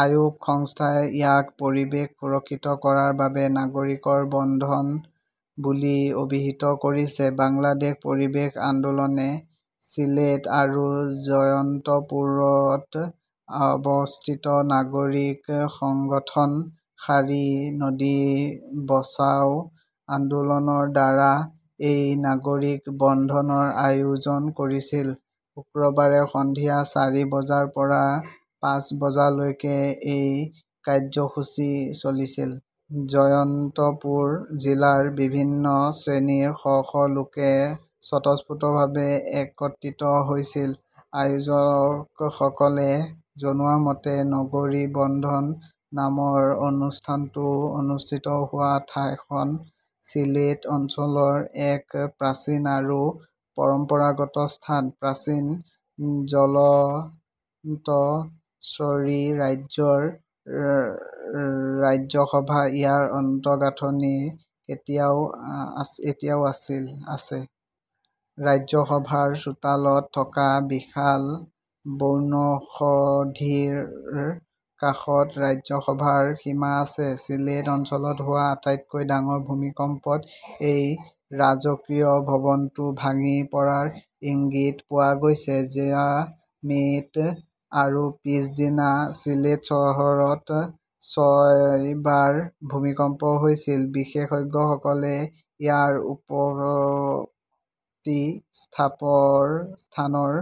Awoke সংস্থাই ইয়াক "পৰিৱেশ সুৰক্ষিত কৰাৰ বাবে নাগৰিকৰ বন্ধন" বুলি অভিহিত কৰিছে। বাংলাদেশ পৰিৱেশ আন্দোলনে চিলেট আৰু জয়ন্তপুৰত অৱস্থিত নাগৰিক সংগঠন শাৰী নদী বচাও আন্দোলনৰ দ্বাৰা এই নাগৰিক বন্ধনৰ আয়োজন কৰিছিল। শুক্ৰবাৰে সন্ধিয়া চাৰি বজাৰ পৰা পাঁচ বজালৈকে এই কাৰ্যসূচী চলিছিল। জয়ন্তপুৰ জিলাৰ বিভিন্ন শ্ৰেণীৰ শ শ লোকে স্বতঃস্ফূৰ্তভাৱে একত্ৰিত হৈছিল। আয়োজকসকলে জনোৱা মতে, নগৰী বন্ধন নামৰ অনুষ্ঠানটো অনুষ্ঠিত হোৱা ঠাইখন চিলেট অঞ্চলৰ এক প্ৰাচীন আৰু পৰম্পৰাগত স্থান। প্ৰাচীন জয়ন্তশ্বৰী ৰাজ্যৰ ৰাজসভা। ইয়াৰ আন্তঃগাঁথনি এতিয়াও আছে। ৰাজসভাৰ চোতালত থকা বিশাল বনৌষধিৰ কাষত ৰাজসভাৰ সীমা আছে। চিলেট অঞ্চলত হোৱা আটাইতকৈ ডাঙৰ ভূমিকম্পত এই ৰাজকীয় ভৱনটো ভাঙি পৰাৰ ইংগিত পোৱা গৈছে। যোৱা মে'ত আৰু পাছদিনা চিলেট চহৰত ছয়বাৰ ভূমিকম্প হৈছিল। বিশেষজ্ঞসকলে ইয়াৰ উৎপত্তি স্থানৰ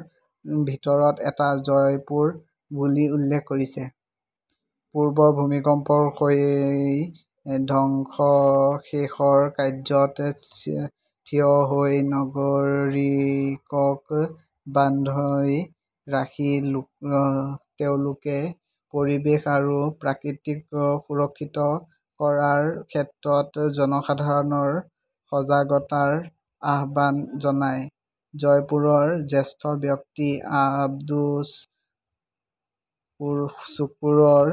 ভিতৰত এটা জয়ন্তপুৰ বুলি উল্লেখ কৰিছে। পূৰ্বৰ ভূমিকম্পৰ সেই ধ্বংসাৱশেষৰ কাষত থিয় হৈ নাগৰিকক বান্ধি ৰাখি তেওঁলোকে পৰিৱেশ আৰু প্ৰকৃতি সুৰক্ষিত কৰাৰ ক্ষেত্ৰত জনসাধাৰণৰ সজাগতাৰ আহ্বান জনায়। জয়ন্তপুৰৰ জ্যেষ্ঠ ব্যক্তি আব্দুছ শুকুৰৰ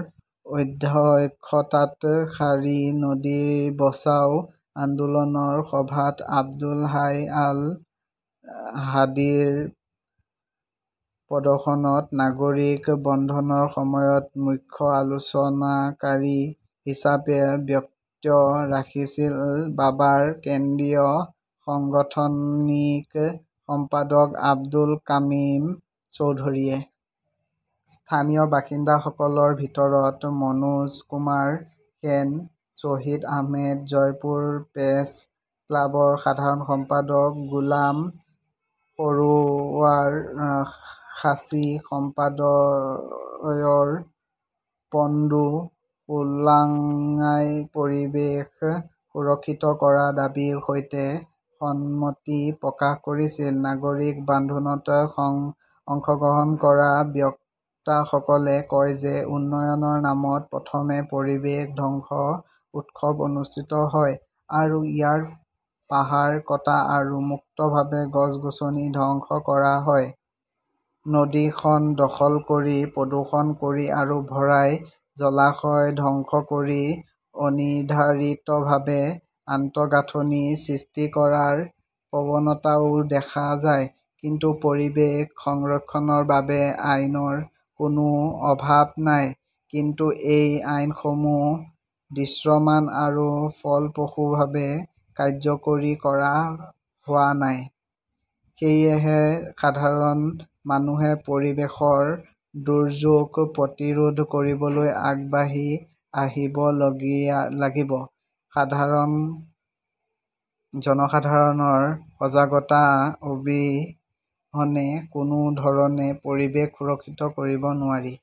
অধ্যক্ষতাত শাৰী নদী বচাও আন্দোলনৰ সভাপতি আব্দুল হাই আল হাদিৰ প্ৰদৰ্শনত নাগৰিক বন্ধনৰ সময়ত মুখ্য আলোচনাকাৰী হিচাপে বক্তব্য ৰাখিছিল বাবাৰ কেন্দ্ৰীয় সাংগঠনিক সম্পাদক আব্দুল কাৰিম চৌধুৰীয়ে। স্থানীয় বাসিন্দাসকলৰ ভিতৰত মনোজ কুমাৰ সেন, শ্বাহিদ আহমেদ, জয়ন্তপুৰ প্ৰেছ ক্লাবৰ সাধাৰণ সম্পাদক গোলাম সৰোৱাৰ, খাচী সম্প্ৰদায়ৰ এণ্ডু খোংলাই পৰিৱেশ সুৰক্ষিত কৰাৰ দাবীৰ সৈতে সন্মতি প্ৰকাশ কৰিছিল। নাগৰিক বান্ধোনত অংশগ্ৰহণ কৰা বক্তাসকলে কয় যে উন্নয়নৰ নামত প্ৰথমে পৰিৱেশ ধ্বংসৰ উৎসৱ অনুষ্ঠিত হয় আৰু ইয়াত পাহাৰ কটা আৰু মুক্তভাৱে গছ-গছনি ধ্বংস কৰা হয়। নদীখন দখল কৰি, প্ৰদূষণ কৰি আৰু ভৰাই জলাশয় ধ্বংস কৰি অনিৰ্ধাৰিতভাৱে আন্তঃগাঁথনি সৃষ্টি কৰাৰ প্ৰৱণতাও দেখা যায়। কিন্তু পৰিৱেশ সংৰক্ষণৰ বাবে আইনৰ কোনো অভাৱ নাই। কিন্তু সেই আইনসমূহ দৃশ্যমান আৰু ফলপ্ৰসূভাৱে কাৰ্যকৰী কৰা হোৱা নাই। সেয়েহে সাধাৰণ মানুহে পৰিৱেশৰ দুৰ্যোগ প্ৰতিৰোধ কৰিবলৈ আগবাঢ়ি আহিব লাগিব। সাধাৰণ জনসাধাৰণৰ সজাগতা অবিহনে কোনো ধৰণে পৰিৱেশ সুৰক্ষিত কৰিব নোৱাৰি।